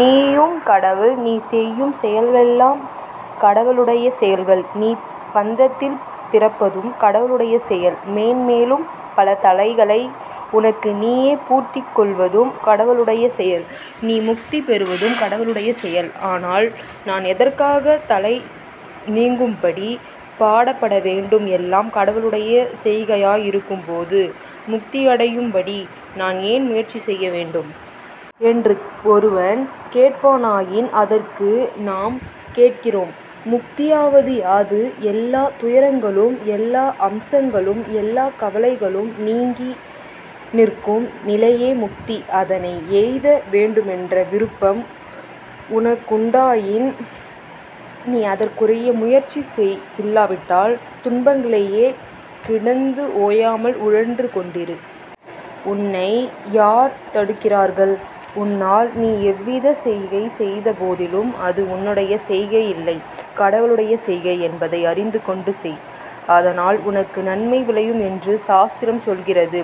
நீயும் கடவுள், நீ செய்யும் செயல்களெல்லாம் கடவுளுடைய செயல்கள், நீ பந்தத்தில் பிறப்பதும் கடவுளுடைய செயல். மேன்மேலும் பல தளைகளை உனக்கு நீயே பூட்டிக் கொள்வதும் கடவுளுடைய செயல். நீ முக்தி பெறுவதும் கடவுளுடைய செயல். 'ஆனால் நான் எதற்காக தளை நீங்கும்படி பாடபடவேண்டும்? எல்லாம் கடவுளுடைய செய்கையாய் இருக்கும் போது முக்தியடையும் படி நான் ஏன் முயற்சி செய்ய வேண்டும்? ' என்று ஒருவன் கேட்பானாயின், அதற்கு நாம் கேட்கிறோம், 'முக்தியாவது யாது? ' எல்லாத் துயரங்களும் எல்லா அம்சங்களும் எல்லாக் கவலைகளும் நீங்கி நிற்கும் நிலையே முக்தி. அதனை எய்த வேண்டுமென்ற விருப்பம் உனக்குண்டாயின், நீ அதற்குரிய முயற்சி செய். இல்லாவிட்டால், துன்பங்களிலே கிடந்து ஓயாமல் உழன்று கொண்டிரு. உன்னை யார் தடுக்கிறார்கள்? ஆனால், நீ எவ்விதச் செய்கை செய்த போதிலும், அது உன்னுடைய செய்கையில்லை. கடவுளுடைய செய்கை' என்பதை அறிந்துகொண்டு செய். அதனால் உனக்கு நன்மை விளையும் என்று சாஸ்திரம் சொல்லுகிறது.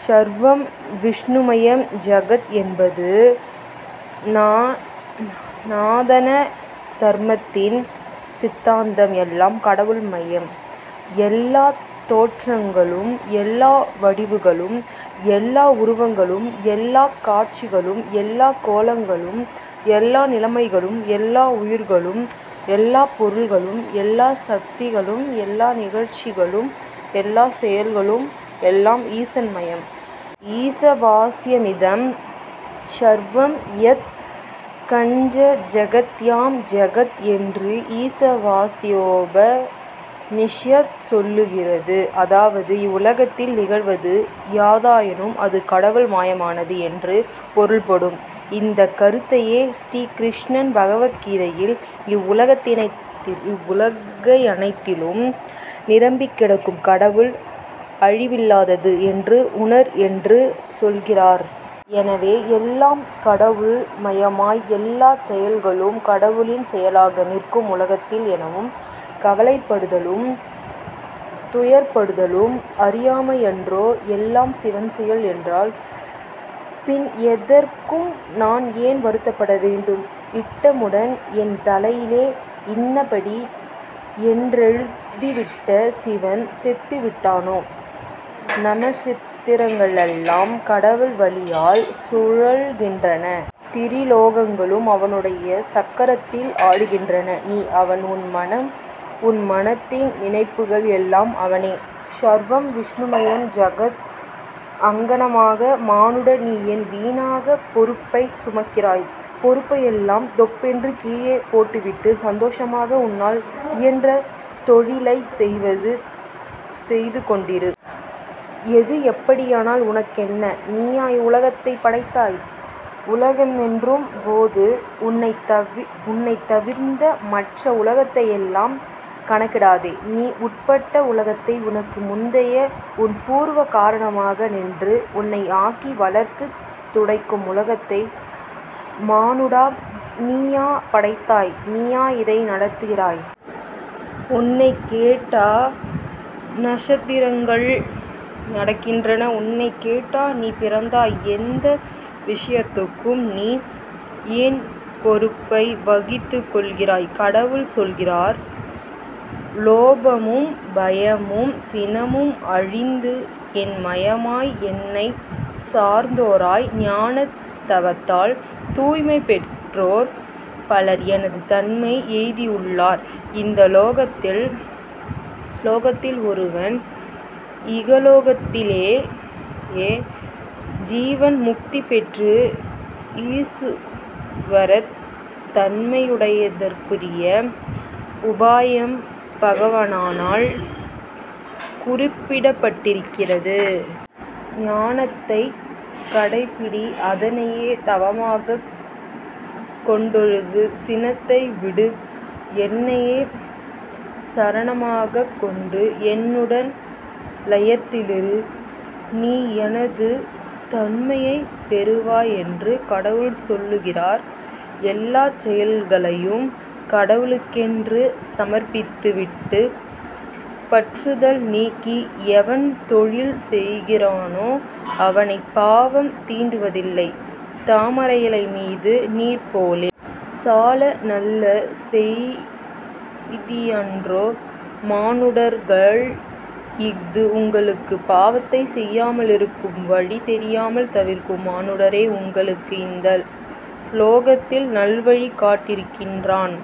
'ஸர்வம் விஷ்ணு மயம் ஜகத்' என்பது நா நாதன தர்மத்தின் சித்தாந்தம். எல்லாம் கடவுள் மயம், எல்லாத் தோற்றங்களும், எல்லா வடிவங்களும், எல்லா உருவங்களும், எல்லாக் காட்சிகளும், எல்லாக் கோலங்களும், எல்லா நிலைமைகளும், எல்லா உயிர்களும், எல்லாப் பொருள்களும், எல்லா சக்திகளும், எல்லா நிகழ்ச்சிகளும், எல்லாச் செயல்களும் எல்லாம் ஈசன் மயம். 'ஈசாவாஸ்யமிதம் ஸர்வம் யத் கஞ்ச ஜகத்யாம் ஜகத்' என்று ஈசாவாஸ்யோப நிஷத் சொல்லுகிறது. அதாவது 'இவ்வுலகத்தில் நிகழ்வது யாதாயினும் அது கடவுள் மயமானது' என்று பொருள்படும். இந்தக் கருத்தையே ஸ்ரீ கிருஷ்ணன் பகவத் கீதையில், 'இவ்வுலகனைத்திலும் நிரம்பிக் கிடக்கும் கடவுள் அழிவில்லாதது என்று உணர்' என்று சொல்லுகிறார். எனவே எல்லாம் கடவுள் மயமாய், எல்லாச் செயல்களும் கடவுளின் செயலாக நிற்கும் உலகத்தில், எவனும் கவலைப்படுதலும், துயர்ப்படுதலும் அறியாமையன்றோ? 'எல்லாம் சிவன் செயல்' என்றால், பின் எதற்கும் நான் ஏன் வருத்தப்பட வேண்டும்? 'இட்டமுடன்' என் தலையிலே இன்னபடி யென்றெழுதிவிட்ட சிவன் செத்துவிட்டானோ? ' நக்ஷத்திரங்களெல்லாம் கடவுள் வலியால் சுழல்கின்றன. திரிலோகங்களும் அவனுடைய சக்கரத்தில் ஆடுகின்றன. நீ அவன், உன் மனம், உன் மனத்தின் நினைப்புகள் எல்லாம் அவனே ''ஸர்வம் விஷ்ணுமயம் ஜகத் அங்ஙனமாக, மானுடா, நீ ஏன் வீணாகப் பொறுப்பைச் சுமக்கிறாய்? பொறுப்பையெல்லாம் தொப்பென்று கீழே போட்டுவிட்டு, சந்தோஷமாக உன்னால் இயன்ற தொழிலைச் செய்து கொண்டிரு. எது எப்படியானால் உனக்கென்ன? நீயா இவ்வுலகத்தைப் படைத்தாய்? உலகமென்றும் போது உன்னை தவிர் உன்னைத் தவிர்ந்த மற்ற உலகத்தையெல்லாம் கணக்கிடாதே. நீ உட்பட்ட உலகத்தை, உனக்கு முந்தியே உன் பூர்வ காரணமாக நின்று உன்னை ஆக்கி வளர்த்துத் துடைக்கும் உலகத்தை, மானுடா, நீயா படைத்தாய்? நீயா இதை நடத்துகிறாய்? உன்னைக் கேட்டா நக்ஷத்திரங்கள் நடக்கின்றன? உன்னைக் கேட்டா நீ பிறந்தாய்? எந்த விஷயத்துக்கும் நீ ஏன் பொறுப்பை வகித்துக் கொள்கிறாய்? கடவுள் சொல்கிறார் லோபமும் பயமும் சினமும் அழிந்து, என் மயமாய், என்னைச் சார்ந்தோராய், ஞானத் தவத்தால் தூய்மை பெற்றோர் பலர் எனது தன்மை எய்தியுள்ளார் இந்த சுலோகத்தில் ஒருவன் இகலோகத்திலேயே ஜீவன் முக்தி பெற்று ஈசுவரத் தன்மையடைதற்குரிய உபாயம் பகவானால் குறிப்பிடப்பட்டிருக்கிறது. ஞானத்தைக் கடைப்பிடி. அதனையே தவமாகக் கொண்டொழுகு. சினத்தை விடு. என்னையே சரணமாகக் கொண்டு என்னுடன் லயித்திரு. நீ எனது தன்மையை பெறுவாய் என்று கடவுள் சொல்லுகிறார். எல்லாச் செயல்களையும் கடவுளுக்கென்று சமர்ப்பித்து விட்டுப் பற்றுதல் நீக்கி எவன் தொழில் செய்கிறானோ அவனைப் பாவம் தீண்டுவதில்லை. தாமரையிலை மீது நீர் போலே. சால நல்ல செய்தியன்றோ, மானுடர்காள், இஃது உங்களுக்கு! பாவத்தை செய்யாமலிருக்கும் வழி தெரியாமல் தவிக்கும் மானுடரே! உங்களுக்கு இந்த சுலோகத்தில் நல்வழி காட்டியிருக்கின்றான்